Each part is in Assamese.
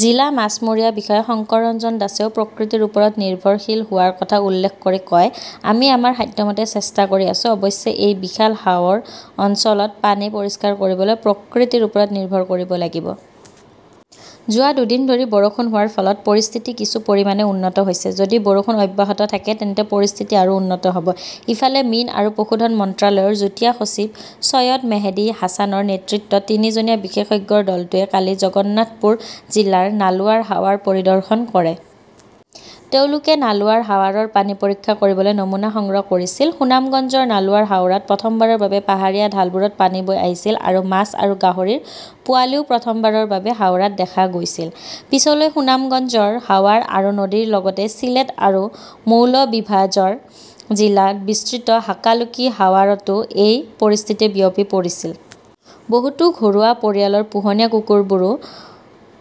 জিলা মাছমৰীয়া বিষয়া শংকৰ ৰঞ্জন দাসেও প্ৰকৃতিৰ ওপৰত নিৰ্ভৰশীল হোৱাৰ কথা উল্লেখ কৰি কয়, আমি আমাৰ সাধ্যমতে চেষ্টা কৰি আছো। অৱশ্যে, এই বিশাল হাৱৰ অঞ্চলত পানী পৰিষ্কাৰ কৰিবলৈ প্ৰকৃতিৰ ওপৰত নিৰ্ভৰ কৰিব লাগিব। যোৱা দুদিন ধৰি বৰষুণ হোৱাৰ ফলত পৰিস্থিতি কিছু পৰিমাণে উন্নত হৈছে। যদি বৰষুণ অব্যাহত থাকে তেন্তে পৰিস্থিতি আৰু উন্নত হ'ব। ইফালে, মীন আৰু পশুধন মন্ত্ৰালয়ৰ যুটীয়া সচিব চৈয়দ মেহেদী হাছানৰ নেতৃত্বত তিনিজনীয়া বিশেষজ্ঞৰ দলটোৱে কালি জগন্নাথপুৰ জিলাৰ নালুৱাৰ হাৱাৰ পৰিদৰ্শন কৰে। তেওঁলোকে নালুৱাৰ হাৱাৰৰ পানী পৰীক্ষা কৰিবলৈ নমুনা সংগ্ৰহ কৰিছিল। সুনামগঞ্জৰ নালুৱাৰ হাৱাৰত প্ৰথমবাৰৰ বাবে পাহাৰীয়া ঢালবোৰত পানী বৈ আহিছিল আৰু মাছ আৰু গাহৰিৰ পোৱালিও প্ৰথমবাৰৰ বাবে হাৱাৰত দেখা গৈছিল। পিছলৈ সুনামগঞ্জৰ হাৱাৰ আৰু নদীৰ লগতে চিলেট আৰু মৌলভিবাজাৰ জিলাত বিস্তৃত হাকালুকি হাৱাৰতো এই পৰিস্থিতি বিয়পি পৰিছিল। বহুতো ঘৰুৱা পৰিয়ালৰ পোহনীয়া কুকুৰবোৰো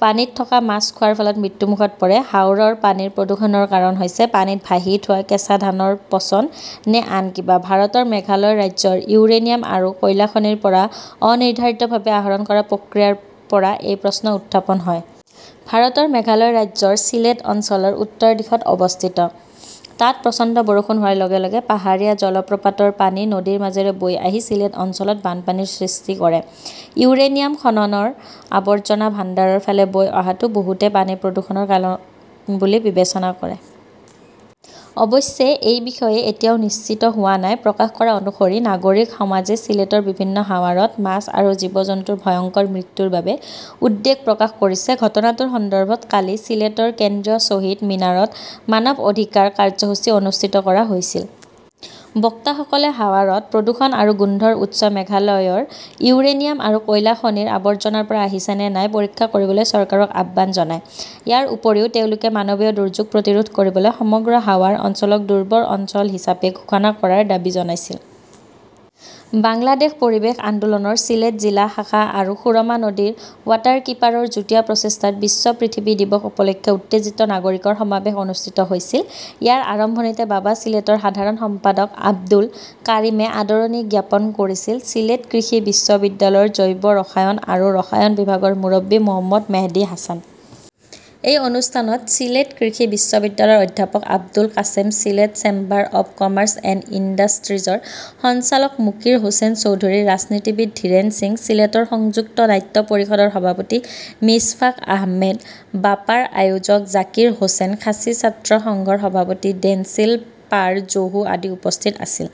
পানীত থকা মাছ খোৱাৰ ফলত মৃত্যুমুখত পৰে। হাওৰৰ পানীৰ প্ৰদূষণৰ কাৰণ হৈছে পানীত ভাহি থোৱা কেঁচা ধানৰ পচন, নে আন কিবা? ভাৰতৰ মেঘালয় ৰাজ্যৰ ইউৰেনিয়াম আৰু কয়লা খনিৰ পৰা অনিৰ্ধাৰিতভাৱে আহৰণ কৰা প্ৰক্ৰিয়াৰ পৰা এই প্ৰশ্ন উত্থাপন হয়। ভাৰতৰ মেঘালয় ৰাজ্যৰ সিলেট অঞ্চলৰ উত্তৰ দিশত অৱস্থিত। তাত প্ৰচণ্ড বৰষুণ হোৱাৰ লগে লগে পাহাৰীয়া জলপ্ৰপাতৰ পানী নদীৰ মাজেৰে বৈ আহি সিলেট অঞ্চলত বানপানীৰ সৃষ্টি কৰে। ইউৰেনিয়াম খননৰ আৱৰ্জনা ভাণ্ডাৰৰ ফালে বৈ অহাটো বহুতে পানী প্ৰদূষণৰ কাৰণ বুলি বিবেচনা কৰে। অৱশ্যে, এই বিষয়ে এতিয়াও নিশ্চিত হোৱা নাই। প্ৰকাশ কৰা অনুসৰি, নাগৰিক সমাজে ছিলেটৰ বিভিন্ন হাৱাৰত মাছ আৰু জীৱ-জন্তুৰ ভয়ংকৰ মৃত্যুৰ বাবে উদ্বেগ প্ৰকাশ কৰিছে। ঘটনাটোৰ সন্দৰ্ভত কালি চিলেটৰ কেন্দ্ৰীয় শ্বহীদ মিনাৰত মানৱ অধিকাৰ কাৰ্যসূচী অনুষ্ঠিত কৰা হৈছিল। বক্তাসকলে হাৱাৰত প্ৰদূষণ আৰু গোন্ধৰ উৎস মেঘালয়ৰ ইউৰেনিয়াম আৰু কয়লা খনিৰ আৱৰ্জনাৰ পৰা আহিছে নে নাই পৰীক্ষা কৰিবলৈ চৰকাৰক আহ্বান জনায়। ইয়াৰ উপৰিও তেওঁলোকে মানৱীয় দুৰ্যোগ প্ৰতিৰোধ কৰিবলৈ সমগ্ৰ হাৱাৰ অঞ্চলক দুৰ্বল অঞ্চল হিচাপে ঘোষণা কৰাৰ দাবী জনাইছিল। বাংলাদেশ পৰিৱেশ আন্দোলনৰ চিলেট জিলা শাখা আৰু সুৰমা নদীৰ ৱাটাৰকীপাৰৰ যুটীয়া প্ৰচেষ্টাত বিশ্ব পৃথিৱী দিৱস উপলক্ষে উত্তেজিত নাগৰিকৰ সমাৱেশ অনুষ্ঠিত হৈছিল। ইয়াৰ আৰম্ভণিতে বাবা চিলেটৰ সাধাৰণ সম্পাদক আব্দুল কাৰিমে আদৰণি জ্ঞাপন কৰিছিল। ছিলেট কৃষি বিশ্ববিদ্যালয়ৰ জৈৱ ৰসায়ন আৰু ৰসায়ন বিভাগৰ মুৰব্বী মোহম্মদ মেহদী হাছান। এই অনুষ্ঠানত ছিলেট কৃষি বিশ্ববিদ্যালয়ৰ অধ্যাপক Abul Kashem, Sylhet chamber of commerce and ইণ্ডাষ্ট্ৰীজৰ সঞ্চালক মুকিৰ হোসেন চৌধুৰী, ৰাজনীতিবিদ ধীৰেন সিং, ছিলেটৰ সংযুক্ত নাট্য পৰিষদৰ সভাপতি মিছফাক আহমেদ, বাপাৰ আয়োজক জাকিৰ হোসেন, খাচী ছাত্ৰ সংঘৰ সভাপতি ডেঞ্চিল পাৰ-জোহু আদি উপস্থিত আছিল।